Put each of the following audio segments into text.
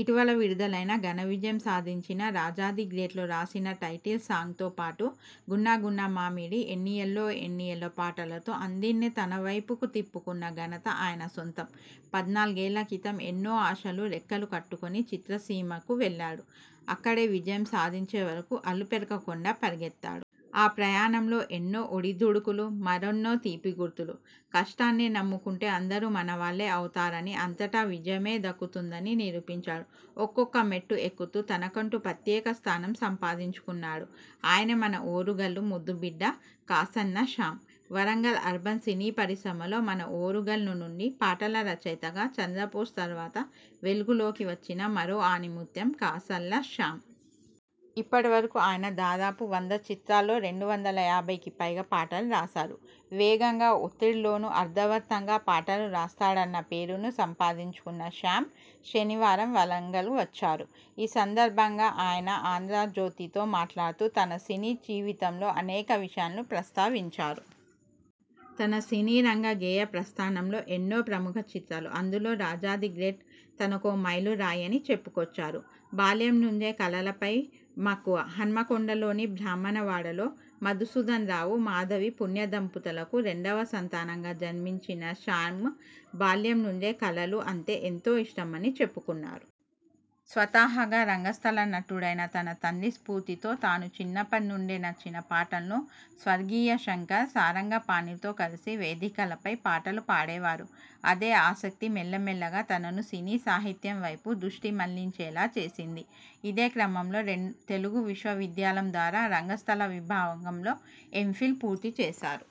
ఇటీవల విడుదలై ఘనవిజయం సాధించిన రాజా ది గ్రేట్ లో రాసిన టైటిల్ సాంగ్తో పాటు గున్నాగున్నామామిడి, ఎన్నియాలో ఎన్నియాలో పాటలతో అందరినీ తనవైపుకు తిప్పుకున్న ఘనత ఆయన సొంతం. పద్నాలుగేళ్ల క్రితం ఎన్నో ఆశలు రెక్కలు కట్టుకుని చిత్రసీమకు వెళ్లాడు. అక్కడే విజయం సాధించేవరకు అలుపెరగకుండా పరుగెత్తాడు. ఆ ప్రయాణంలో ఎన్నో ఒడిదొడుకులు. మరెన్నో తీపిగుర్తులు. కష్టాన్నే నమ్ముకుంటే అందరూ మనవాళ్లే అవుతారని, అంతటా విజయమే దక్కుతుందని నిరూపించాడు.. ఒక్కొక్క మెట్టు ఎక్కుతూ తనకంటూ ప్రత్యేక స్థానం సంపాదించుకున్నాడు. ఆయనే మన ఓరుగల్లు ముద్దుబిడ్డ కాసర్ల శ్యాం. వరంగల్ అర్బన్ సినీ పరిశ్రమలో మన ఓరుగల్లు నుంచి పాటల రచయితగా చంద్రబోస్ తరువాత వెలుగులోకి వచ్చిన మరో ఆణిముత్యం కాసర్ల శ్యాం. ఇప్పటివరకు ఆయన దాదాపు వంద చిత్రాల్లో రెండు వందల యాభైకి పైగా పాటలు రాశారు. వేగంగా, ఒత్తిడిలోనూ అర్ధవంతంగా పాటలు రాస్తాడన్న పేరును సంపాదించుకున్న శ్యాం శనివారం వరంగల్కు వచ్చారు. ఈ సందర్భంగా ఆయన ఆంధ్రజ్యోతితో మాట్లాడుతూ తన సినీ జీవితంలో అనేక విషయాలను ప్రస్థావించారు. తన సినీ రంగ గేయ ప్రస్థానంలో ఎన్నో ప్రముఖ చిత్రాలు.. అందులో రాజా ది గ్రేట్ తనకో మైలురాయి అని చెప్పుకొచ్చారు. బాల్యం నుంచే కళలపై మక్కువ.. హన్మకొండలోని బ్రాహ్మణ వాడలో మధుసూదన్ రావు, మాధవి పుణ్య దంపతులకు రెండోవ సంతానంగా జన్మించిన శ్యామ్కు బాల్యం నుంచే కళలు అంటే ఎంతో ఇష్టమని చెప్పుకున్నారు. స్వతహాగా రంగస్థల నటుడైన తన తండ్రి స్ఫూర్తితో తాను చిన్నప్పటి నుంచే నచ్చిన పాటలను స్వర్గీయ శంకర్, సారంగపాణిలతో కలిసి వేదికలపై పాటలు పాడేవారు. అదే ఆసక్తి మెల్లమెల్లగా తనను సినీ సాహిత్యం వైపు దృష్టి మళ్లించేలా చేసింది. ఇదే క్రమంలో తెలుగు విశ్వవిద్యాలయం ద్వారా రంగస్థల విభాగంలో ఎంఫిల్ పూర్తి చేశారు.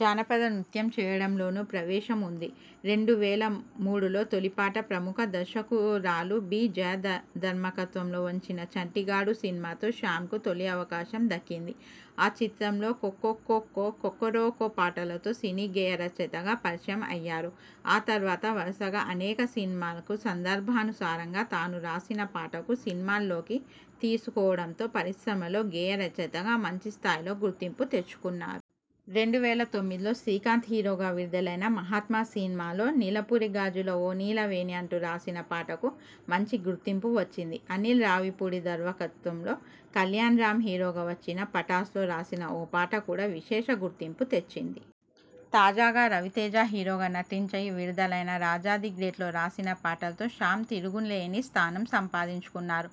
జానపద నృత్యం చేయడంలోనూ ప్రవేశం ఉంది. రెండు వేల మూడులో తొలిపాట. ప్రముఖ దర్శకురాలు బి. జయ దర్శకత్వంలో వచ్చిన చంటిగాడు సినిమాతో శ్యాంకు తొలి అవకాశం దక్కిది. ఆ చిత్రంలో కోకోకో.. కొక్కొరోకో'పాటతో సినీ గేయ రచయితగా పరిచయం అయ్యారు. ఆ తర్వాత వరుసగా అనేక సినిమాలకు సందర్భానుసారంగా తాను రాసిన పాటలకు సినిమాల్లోకి తీసుకోవడంతో పరిశ్రమలో గేయ రచయితగా మంచి స్థాయిలో గుర్తింపు తెచ్చుకున్నారు. రెండు వేల తొమ్మిదిలో శ్రీకాంత్ హీరోగా విడుదలైన మహాత్మ సినిమాలో నీలపురి గాజుల ఓ నీలవేణి అంటూ రాసిన పాటకు మంచి గుర్తింపు వచ్చింది. అనిల్ రావిపూడి దర్శకత్వంలో కళ్యాణ్రామ్ హీరోగా వచ్చిన పటాస్ లో రాసిన ఓ పాట కూడా విశేష గుర్తింపు తెచ్చింది. తాజాగా రవితేజ హీరోగా నటించి విడుదలైన రాజా ది గ్రేట్ లో రాసిన పాటలతో శ్యాం తిరుగులేని స్థానం సంపాదించుకున్నారు.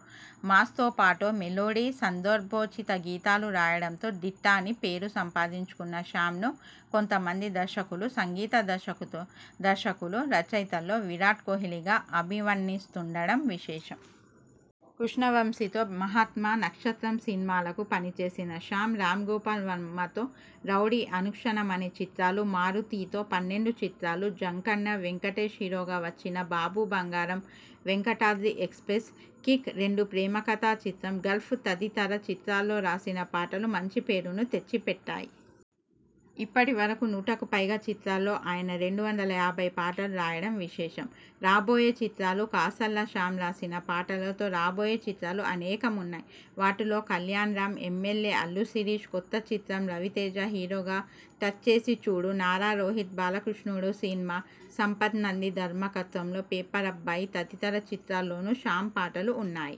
మాస్తోపాటు మెలోడీ, సందర్భోచిత గీతాలు రాయడంలో దిట్ట అని పేరు సంపాదించుకున్న శ్యాంను కొంతమంది దర్శకులు, సంగీత దర్శకులు రచయితల్లో విరాట్ కోహ్లీగా అభివర్ణిస్తుండడం విశేషం. కృష్ణవంశీతో మహాత్మ, నక్షత్రం సినిమాలకు పనిచేసిన శ్యామ్ రాంగోపాల్ వర్మతో రౌడీ, అనుక్షణం అనే చిత్రాలు, మారుతితో పన్నెండు చిత్రాలు, జక్కన్న, వెంకటేశ్ హీరోగా వచ్చిన బాబు బంగారం, వెంకటాద్రి ఎక్స్ప్రెస్, కిక్.రెండు, ప్రేమకథా చిత్రం, గల్ఫ్ తదితర చిత్రాల్లో రాసిన పాటలు మంచి పేరును తెచ్చిపెట్టాయి. ఇప్పటి వరకు నూటకు పైగా చిత్రాల్లో ఆయన రెండు వందల యాభై పాటలు రాయడం విశేషం. రాబోయే చిత్రాలు, కాసర్ల శ్యామ్ రాసిన పాటలతో రాబోయే చిత్రాలు అనేకం ఉన్నాయి. వాటిలో కల్యాణ్రాం, ఎమ్మెల్యే, అల్లు శిరీష్ కొత్త చిత్రం, రవితేజ హీరోగా టచ్చేసి చూడూ, నారా రోహిత్ బాలకృష్ణుడుసినిమా, సంపత్ నంది దర్శకత్వంలో పేపర్బాయ్ తదితర చిత్రాల్లోనూ శ్యామ్ పాటలు ఉన్నాయి.